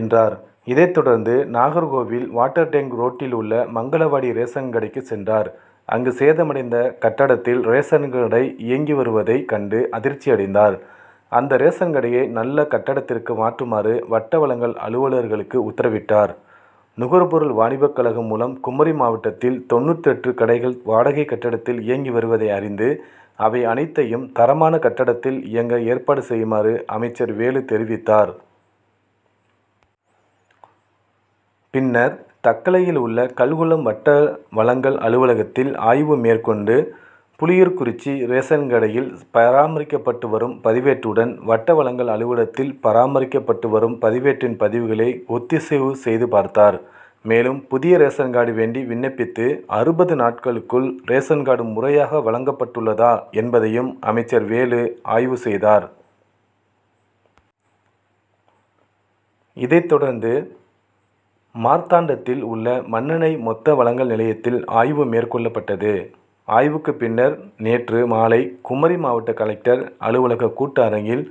என்றார். இதைத்தொடர்ந்து நாகர்கோவில் வாட்டர்டேங்க் ரோட்டில் உள்ள மங்களவாடி ரேஷன்கடைக்கு சென்றார். அங்கு சேதமடைந்த கட்டடத்தில் ரேஷன்கடை இயங்கி வருவதை கண்டு அதிர்ச்சி அடைந்தார். அந்த ரேஷன் கடையை நல்ல கட்டடத்திற்கு மாற்றுமாறு வட்ட வழங்கல் அலுவலர்களுக்கு உத்தரவிட்டார். நுகர்பொருள் வாணிபக்கழகம் மூலம் குமரி மாவட்டத்தில் தொண்ணூற்றெட்டு கடைகள் வாடகை கட்டடத்தில் இயங்கி வருவதை அறிந்து அவை அனைத்தையும் தரமான கட்டடத்தில் இயங்க ஏற்பாடு செய்யுமாறு அமைச்சர் வேலு தெரிவித்தார். பின்னர் தக்கலையில் உள்ள கல்குளம் வட்ட வழங்கல் அலுவலகத்தில் ஆய்வு மேற்கொண்டு புலியூர்குறிச்சி ரேஷன் கடையில் பராமரிக்கப்பட்டு வரும் பதிவேட்டுடன் வட்ட வழங்கல் அலுவலகத்தில் பராமரிக்கப்பட்டு வரும் பதிவேட்டின் பதிவுகளை ஒத்திசைவு செய்து பார்த்தார். மேலும் புதிய ரேஷன் கார்டு வேண்டி விண்ணப்பித்து அறுபது நாட்களுக்குள் ரேஷன் கார்டு முறையாக வழங்கப்பட்டுள்ளதா என்பதையும் அமைச்சர் வேலு ஆய்வு செய்தார். இதைத்தொடர்ந்து மார்த்தாண்டத்தில் உள்ள மண்ணெண்ணெய் மொத்த வழங்கல் நிலையத்தில் ஆய்வு மேற்கொள்ளப்பட்டது. ஆய்வுக்கு பின்னர் நேற்று மாலை குமரி மாவட்ட கலெக்டர் அலுவலக கூட்ட அரங்கில்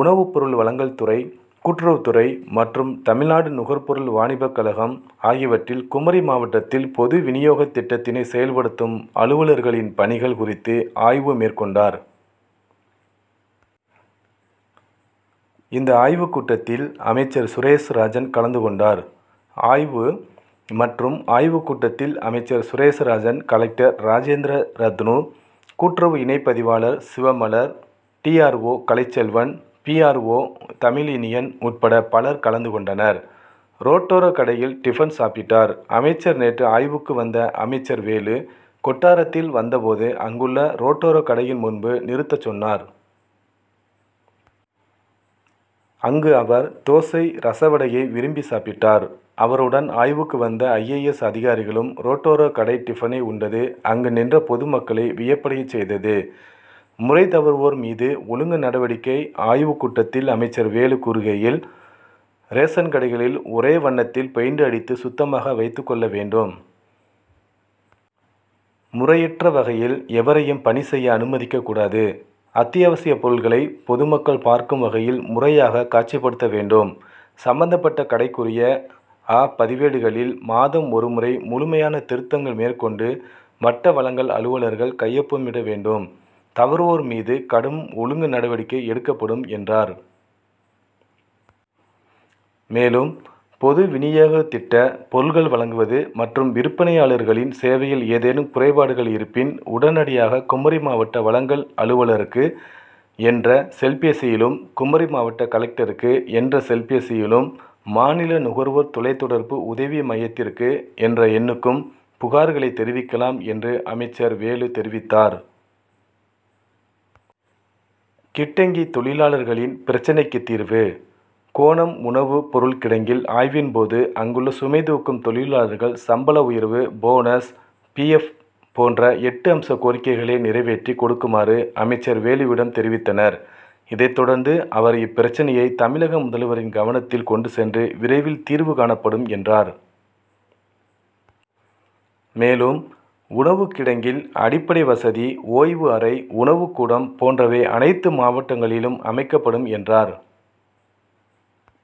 உணவுப் பொருள் வழங்கல்துறை, கூட்டுறவுத்துறை, மற்றும் தமிழ்நாடு நுகர்பொருள் வாணிபக் கழகம் ஆகியவற்றில் குமரி மாவட்டத்தில் பொது விநியோக திட்டத்தினை செயல்படுத்தும் அலுவலர்களின் பணிகள் குறித்து ஆய்வு மேற்கொண்டார். இந்த ஆய்வுகூட்டத்தில் அமைச்சர் சுரேஷ்ராஜன் கலந்துகொண்டார். ஆய்வு, மற்றும் ஆய்வு கூட்டத்தில் அமைச்சர் சுரேஷ்ராஜன், கலெக்டர் ராஜேந்திர ரத்னூ, கூட்டுறவு இணைபதிவாளர் Sivamalar, D. R. O. Kalaiselvan, P. R. O. Tamil Iniyan உட்பட பலர் கலந்துகொண்டனர். ரோட்டோர கடையில் டிபன் சாப்பிட்டார் அமைச்சர் நேற்று ஆய்வுக்கு வந்த அமைச்சர் வேலு, கொட்டாரத்தில் வந்தபோது அங்குள்ள ரோட்டோர கடையின் முன்பு நிறுத்த சொன்னார். அங்கு அவர் தோசை, ரசவடையை விரும்பி சாப்பிட்டார். அவருடன் ஆய்வுக்கு வந்த ஐ. ஏ. எஸ். அதிகாரிகளும் ரோட்டோர கடை டிபனை உண்டது அங்கு நின்ற பொதுமக்களை வியப்படைய செய்தது. முறைதவறுவோர் மீதுஒழுங்கு நடவடிக்க ஆய்வு கூட்டத்தில் அமைச்சர் வேலு கூறுகையில், ரேஷன் கடைகளில் ஒரே வண்ணத்தில் பெயிண்ட் அடித்து சுத்தமாக வைத்துக்கொள்ளவேண்டும். முறையற்ற வகையில் எவரையும் பணி செய்ய அனுமதிக்க கூடாது. அத்தியாவசிய பொருட்களை பொதுமக்கள் பார்க்கும் வகையில் முறையாக காட்சிப்படுத்த வேண்டும். சம்பந்தப்பட்ட கடைக்குரிய அ பதிவேடுகளில் மாதம் ஒரு முறை முழுமையான திருத்தங்கள் மேற்கொண்டு வட்ட வழங்கல் அலுவலர்கள் கையொப்பமிடவேண்டும். தவறுவோர் மீது கடும் ஒழுங்கு நடவடிக்கை எடுக்கப்படும் என்றார். மேலும் பொதுவிநியோக திட்ட பொருட்கள் வழங்குவது, மற்றும் விற்பனையாளர்களின் சேவையில் ஏதேனும் குறைபாடுகள் இருப்பின் உடனடியாக குமரி மாவட்ட வழங்கல் அலுவலருக்கு என்ற செல்பேசியிலும், குமரி மாவட்ட கலெக்டருக்கு என்ற செல்பேசியிலும், மாநில நுகர்வோர் தொலைத்தொடர்பு உதவி மையத்திற்கு என்ற எண்ணுக்கும் புகார்களை தெரிவிக்கலாம் என்று அமைச்சர் வேலு தெரிவித்தார். கிட்டங்கி தொழிலாளர்களின் பிரச்சினைக்கு தீர்வு: கோணம் உணவு பொருள் கிடங்கில் ஆய்வின்போது, அங்குள்ள சுமைதூக்கும் தொழிலாளர்கள் சம்பள உயர்வு, போனஸ், பி. எப். போன்ற எட்டு அம்ச கோரிக்கைகளை நிறைவேற்றி கொடுக்குமாறு அமைச்சர் வேலுவிடம் தெரிவித்தனர். இதைத்தொடர்ந்து அவர் இப்பிரச்சினையை தமிழக முதல்வரின் கவனத்தில் கொண்டு சென்று விரைவில் தீர்வு காணப்படும் என்றார். மேலும் உணவு கிடங்கில் அடிப்படை வசதி, ஓய்வு அறை, உணவுக்கூடம் போன்றவை அனைத்து மாவட்டங்களிலும் அமைக்கப்படும் என்றார்.